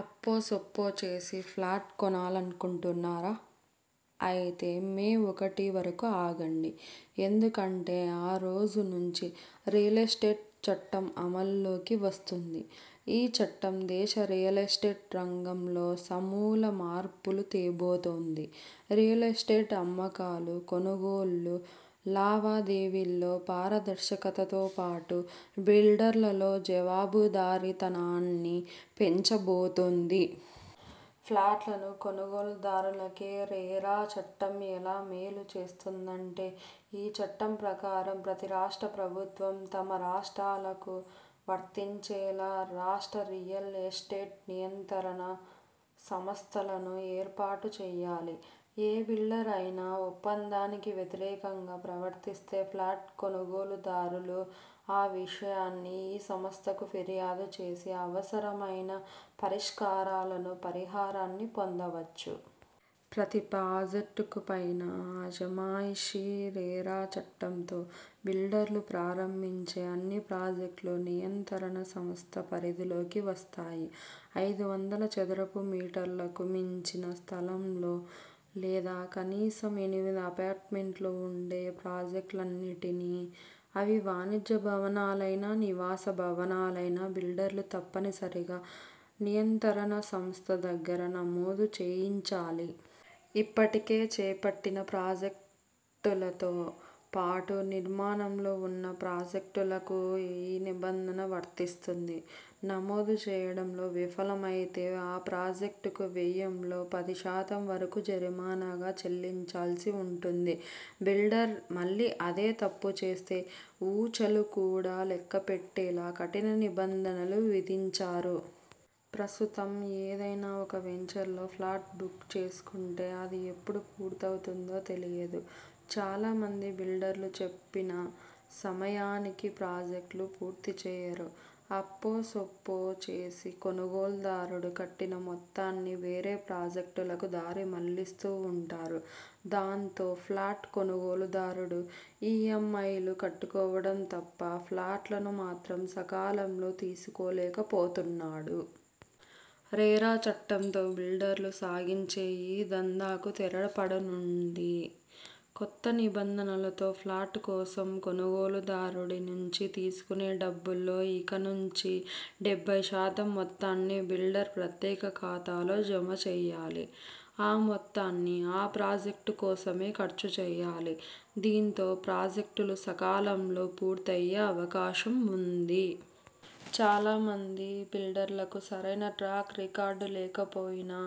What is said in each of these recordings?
అప్పో సొప్పో చేసి ఫ్లాట్ కొనాలనుకుంటున్నారా? అయితే మే ఒకటి వరకు ఆగండి. ఎందుకంటే ఆ రోజు నుంచి 'రియల్ ఎస్టేట్ చట్టం అమల్లోకి వస్తుంది. ఈ చట్టం దేశ రియల్ ఎస్టేట్ రంగంలో సమూల మార్పులు తేబోతోంది. రియల్ ఎస్టేట్ అమ్మకాలు, కొనుగోళ్లు లావాదేవీల్లో పారదర్శకత తో పాటు, బిల్డర్లలో జవాబుదారితనాన్నీ పెంచబోతోంది. ఫ్లాట్ల కొనుగోలు దారులకు 'రెరా' చట్టం ఎలా మేలు చేస్తుందంటే. ఈ చట్టం ప్రకారం ప్రతి రాష్ట్ర ప్రభుత్వం తమ రాష్ట్రాలకు వర్తించేలా 'రాష్ట్ర రియల్ ఎస్టేట్ నియంత్రణ సంస్థలను ఏర్పాటు చేయాలి. ఏ బిల్డర్ అయినా ఒప్పందానికి వ్యతిరేకంగా ప్రవర్తిస్తే ఫ్లాట్ కొనుగోలు దారులు ఆ విషయాన్ని ఈ సంస్థకు ఫిర్యాదు చేసి అవసరమైన పరిష్కారాలను, పరిహారాన్ని పొందవచ్చు. ప్రతి ప్రాజెక్టుపైనా అజమాయిషీ రెరా చట్టంతో బిల్డర్లు ప్రారంభించే అన్ని ప్రాజెక్టులు నియంత్రణ సంస్థ పరిధిలోకి వస్తాయి. ఐదు వందల చదరపు మీటర్లకు మించిన స్థలంలో లేదా కనీసం ఎనిమిది అపార్ట్మెంట్లు ఉండే ప్రాజెక్టులన్నింటినీ అవి వాణిజ్య భవనాలైనా, నివాస భవనాలైనా బిల్డర్లు తప్పనిసరిగా నియంత్రణ సంస్థ దగ్గర నమోదు చేయించాలి. ఇప్పటికే చేపట్టిన ప్రాజెక్టులతో పాటు, నిర్మాణంలో ఉన్న ప్రాజెక్టులకూ ఈ నిబంధన వర్తిస్తుంది. నమోదు చేయడంలో విఫలమైతే ఆ ప్రాజెక్టు వ్యయంలో పది శాతం వరకు జరిమానాగా చెల్లించాల్సి ఉంటుంది. బిల్డర్ మళ్లీ అదే తప్పు చేస్తే ఊచలు కూడా లెక్కపెట్టేలా కఠిన నిబంధనలు విధించారు. ప్రస్తుతం ఏదైనా ఒక వెంచర్లో ఫ్లాట్ బుక్ చేసుకుంటే అది ఎప్పుడు పూర్తవుతుందో తెలియదు. చాలా మంది బిల్డర్లు చెప్పిన సమయానికి ప్రాజెక్టులు పూర్తి చేయరు. అప్పో సొప్పో చేసి కొనుగోలుదారులు కట్టిన మొత్తాన్ని వేరే ప్రాజెక్టులకు దారి మళ్లిస్తుంటారు. దాంతో ఫ్లాట్ కొనుగోలుదారుడు ఈ మ్ ఐ లు కట్టుకోవడం తప్ప, ఫ్లాట్ ను మాత్రం సకాలంలో తీసుకోలేకపోతున్నాడు. రెరా చట్టంతో బిల్డర్లు సాగించే ఈ దందాకు తెరపడనుంది. కొత్త నిబంధనతో ఫ్లాట్ కోసం కొనుగోలు దారుడి నుంచి తీసుకునే డబ్బుల్లో ఇక నుంచి డెబ్బై శాతం మొత్తాన్ని బిల్డర్ ప్రత్యేక ఖాతాలో జమ చేయాలి. ఆ మొత్తాన్ని ఆ ప్రాజెక్టు కోసమే ఖర్చు చేయాలి. దీంతో ప్రాజెక్టులు సకాలంలో పూర్తయ్యే అవకాశం ఉంది. చాలా మంది బిల్డర్లకు సరైన ట్రాక్ రికార్డు లేకపోయినా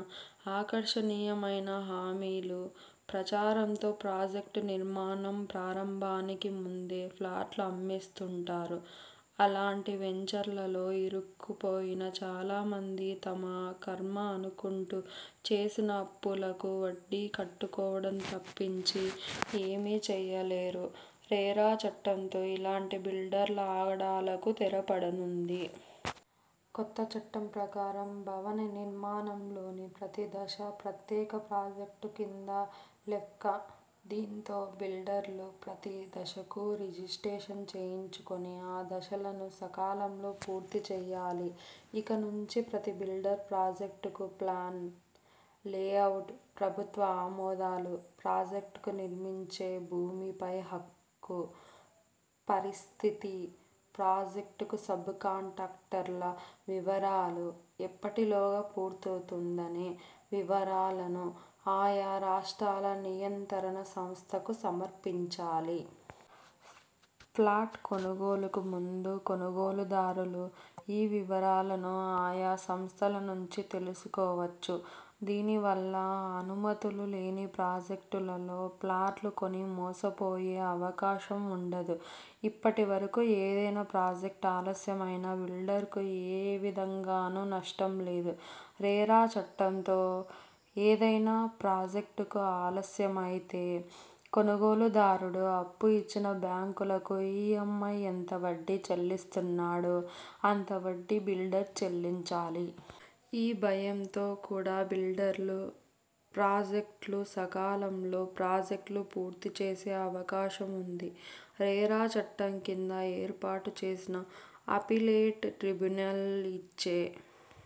ఆకర్షణీయమైన హామీలు, ప్రచారంతో ప్రాజెక్టు నిర్మాణం ప్రారంభానికి ముందే ఫ్లాట్లు అమ్మేస్తుంటారు. అలాంటి వెంచర్లలో ఇరుక్కు పోయిన చాలా మంది తమ ఖర్మ అనుకుంటూ చేసిన అప్పులకు వడ్డీలు కట్టుకోవడం తప్పించి ఏమీ చేయలేరు. రెరా చట్టంతో ఇలాంటి బిల్డర్ల ఆగడాలకూ తెరపడనుంది. కొత్త చట్టం ప్రకారం భవన నిర్మాణంలోని ప్రతి దశా ప్రత్యేక ప్రాజెక్టు కింద లెక్క. దీంతో బిల్డర్లు ప్రతి దశకూ రిజిస్ట్రేషన్ చేయించుకుని ఆ దశలను సకాలంలో పూర్తి చేయాలి. ఇక నుంచి ప్రతి బిల్డర్ ప్రాజెక్టు ప్లాన్, లేఅవుట్, ప్రభుత్వ ఆమోదాలు, ప్రాజెక్టు నిర్మించే భూమిపై హక్కు పరిస్థితి, ప్రాజెక్టు సబ్ కాంట్రాక్టర్ల వివరాలు, ఎప్పటిలోగా పూర్తవుతుందనే వివరాలను ఆయా రాష్ట్రాల నియంతరణ సంస్థలకు సమర్పించాలి. ఫ్లాట్ కొనుగోలుకు ముందే కొనుగోలుదారులు ఈ వివరాలను ఆయా సంస్థల నుంచి తెలుసుకోవచ్చు. దీని వల్ల అనుమతులు లేని ప్రాజెక్టుల్లో ఫ్లాట్లు కొని మోసపోయే అవకాశం ఉండదు. ఇప్పటి వరకు ఏదైనా ప్రాజెక్టు ఆలస్యమైనా బిల్డర్ కు ఏ విధంగానూ నష్టం లేదు. రెరా చట్టంతో ఏదైనా ప్రాజెక్టు ఆలస్యమైతే కొనుగోలుదారుడు అప్పు ఇచ్చిన బ్యాంకులకు ఈ మ్ ఐ ఎంత వడ్డీ చెల్లిస్తున్నాడో, అంత వడ్డీ బిల్డర్ చెల్లించాలి. ఈ భయంతో కూడా బిల్డర్లు ప్రాజెక్టులు సకాలంలో ప్రాజెక్టులు పూర్తి చేసే అవకాశం ఉంది. రెరా చట్టం కింద ఏర్పాటు చేసిన అప్పీలేట్ ట్రిబ్యునల్ ఇచ్చే